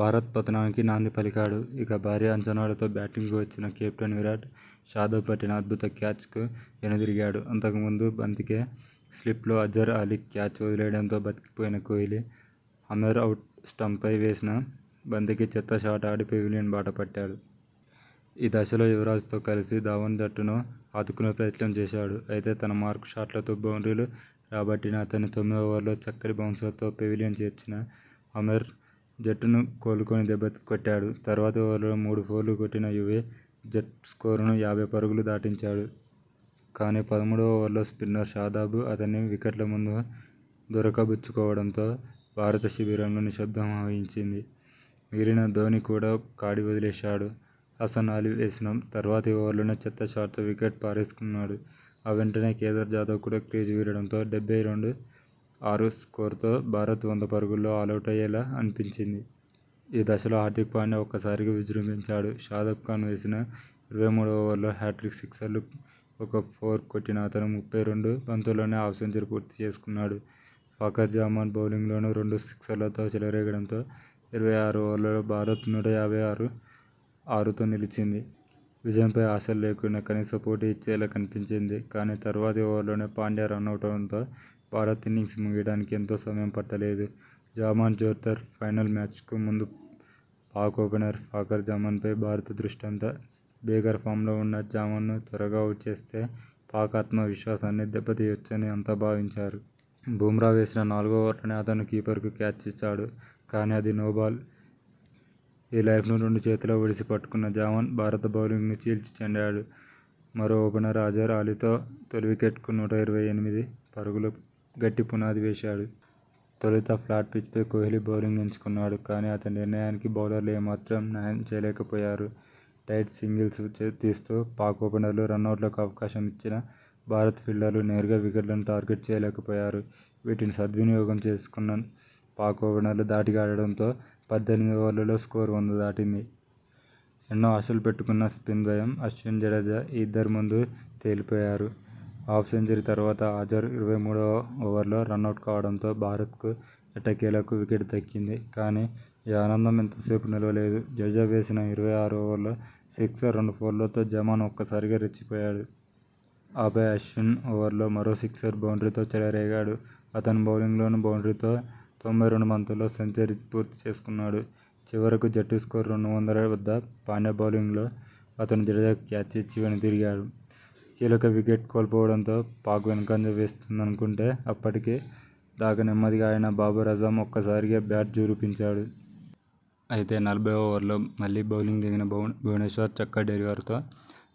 భారత్ పతనానికి నాంది పలికాడు. ఇక, భారీ అంచనాలతో బ్యాటింగ్కు వచ్చిన కెప్టెన్ విరాట్.. షాదాబ్ పట్టిన అద్భుత క్యాచ్కు వెనుదిరిగాడు. అంతకు ముందు బంతికే స్లిప్లో అజర్ అలీ క్యాచ్ వదిలేయడంతో బతికి పోయిన కోహ్లీ, ఆమెర్ అవుట్ స్టంప్పై వేసిన బంతికి చెత్త షాట్ ఆడి పెవిలియన్ బాట పట్టాడు. ఈ దశలో యువరాజ్ తో కలిసి ధవన్ జట్టును ఆదుకునే ప్రయత్నం చేశాడు. అయితే, తన మార్కు షాట్లతో బౌండ్రీలు రాబట్టిన అతణ్ణి తొమ్మిదో ఓవర్లో చక్కటి బౌన్సర్తో పెవిలియన్ చేర్చిన ఆమెర్ జట్టును కోలుకోలేని దెబ్బ కొట్టాడు. తర్వాతి ఓవర్లోనే మూడు ఫోర్లు కొట్టిన యువీ, జట్టు స్కోరును యాభై పరుగులు దాటించాడు. కానీ, పదమూడువ ఓవర్లో స్పిన్నర్ షాదాబ్, అతణ్ణి వికెట్ల ముందు దొరకబుచ్చు కోవడంతో భారత శిబిరంలో నిశ్శబ్దం ఆవహించింది. మిగిలిన ధోనీ కూడా కాడి వదిలేశాడు. హసన్ అలీ వేసిన తర్వాతి ఓవర్లోనే చెత్త షాట్తో వికెట్ పారేసుకున్నాడు. ఆ వెంటనే కేదార్ జాదవ్ కూడా క్రీజు వీడడంతో డెబ్బై రెండు, ఆరు స్కోరుతో భారత్ వంద పరుగుల్లోనే ఆలౌటయ్యేలా కనిపించింది. ఈ దశలో హార్దిక్ పాండ్యా ఒక్క సారిగా విజృంభించాడు. షాదాబ్ ఖాన్ వేసిన ఇరవై మూడువ ఓవర్లో హ్యాట్రిక్ సిక్సర్లు, ఒక ఫోర్ కొట్టిన అతను ముప్పై రెండు బంతుల్లోనే హాఫ్ సెంచరీ పూర్తి చేసుకున్నాడు. ఫఖర్ జమాన్ బౌలింగ్లోనూ రెండు సిక్సర్లతో చెలరేగడంతో ఇరవై ఆరు ఓవర్లకు భారత్ నూట యాభై ఆరు, ఆరుతో నిలిచింది. విజయంపై ఆశలు లేకున్నా, కనీస పోటీ ఇచ్చేలా కనిపించింది. కానీ, తర్వాతి ఓవర్లోనే పాండ్యా రనౌటవడంతో భారత్ ఇన్నింగ్స్ ముగియడానికి ఎంతో సమయం పట్ట లేదు. జమాన్ జోర్దార్, ఫైనల్ మ్యాచ్కు ముందు పాక్ ఓపెనర్ ఫఖర్ జమాన్పైనే భారత దృష్టంతా. భీకర ఫామ్లో ఉన్న జమాన్ను త్వరగా అవుట్ చేస్తే పాక్ ఆత్మ విశ్వాసాన్ని దెబ్బ తీయొచ్చని అంతా భావించారు. బుమ్రా వేసిన నాలుగో ఓవర్లోనే అతను కీపర్కు క్యాచ్ ఇచ్చాడు. కానీ, అది నోబాల్. ఈ లైఫ్ను రెండు చేతులా ఒడిసి పట్టుకున్న జమాన్, భారత బౌలింగ్ను చీల్చి చెండాడాడు. మరో ఓపెనర్ అజర్ అలీతో తొలి వికెట్కు నూట ఇరవై ఎనిమిది పరుగులతో గట్టి పునాది వేశాడు. తొలుత ఫ్లాట్ పిచ్పై కోహ్లీ బౌలింగ్ ఎంచుకున్నాడు. కానీ, అతని నిర్ణయానికి బౌలర్లు ఏ మాత్రం న్యాయం చేయలేక పోయారు. టైట్ సింగిల్స్ తీస్తూ పాక్ ఓపెనర్లు రనౌట్లకు అవకాశం ఇచ్చినా, భారత ఫీల్డర్లు నేరుగా వికెట్లను టార్గెట్ చేయలేకపోయారు. వీటిని సద్వినియోగం చేసుకు న్న పాక్ ఓపెనర్లు ధాటిగా ఆడడంతో పద్దెనిమిది ఓవర్లలో స్కోరు వంద దాటింది. ఎన్నో ఆశలు పెట్టుకున్న స్పిన్ ద్వయం అశ్విన్, జడేజా ఈ ఇద్దరి ముందు తేలి పోయారు. హాఫ్ సెంచరీ తర్వాత అజర్, ఇరవై మూడువ ఓవర్లో రనౌట్ కావడంతో భారత్కు ఎట్టకేలకు వికెట్ దక్కింది. కానీ, ఈ ఆనందం ఎంతో సేపు నిలువలేదు. జడేజా వేసిన ఇరవై ఆరు ఓవర్లో సిక్సర్, రెండు ఫోర్లతో జమాన్ ఒక్క సారిగా రెచ్చి పోయాడు. ఆపై, అశ్విన్ ఓవర్లో మరో సిక్సర్, బౌండ్రీతో చెలరేగాడు. అతని బౌలింగ్లోనే బౌండ్రీతో తొంభై రెండు బంతుల్లోనే తొలి సెంచరీ పూర్తి చేసుకున్నాడు. చివరకు జట్టు స్కోరు రెండు వందల వద్ద పాండ్యా బౌలింగ్లో అతను జడేజాకు క్యాచ్ ఇచ్చి వెను దిరిగాడు. కీలక వికెట్ కోల్పోవడంతో పాక్ వెనుకంజ వేస్తుందనుకుంటే, అప్పటి దాకా నెమ్మదిగా ఆడిన బాబర్ ఆజమ్ ఒక్క సారిగా బ్యాట్ ఝుళిపించాడు. అయితే, నలభైవ ఓవర్లో మళ్లీ బౌలింగ్ దిగిన భువనేశ్వర్ చక్కటి డెలివరీతో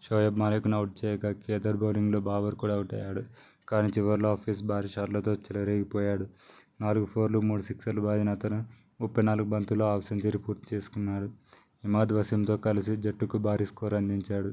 షోయబ్ మాలిక్ ను అవుట్ చేయగా, కేదార్ బౌలింగ్లో బాబర్ కూడా అవుటయ్యాడు. కానీ, చివర్లో హఫీజ్ భారీ షాట్లతో చెలరేగి పోయాడు. నాలుగు ఫోర్లు, మూడు సిక్సర్లు బాదిన అతను ముప్పై నాలుగు బంతుల్లో హాఫ్ సెంచరీ పూర్తి చేసుకున్నాడు. ఇమాద్ వసీం తో కలిసి జట్టుకు భారీ స్కోరు అందించాడు.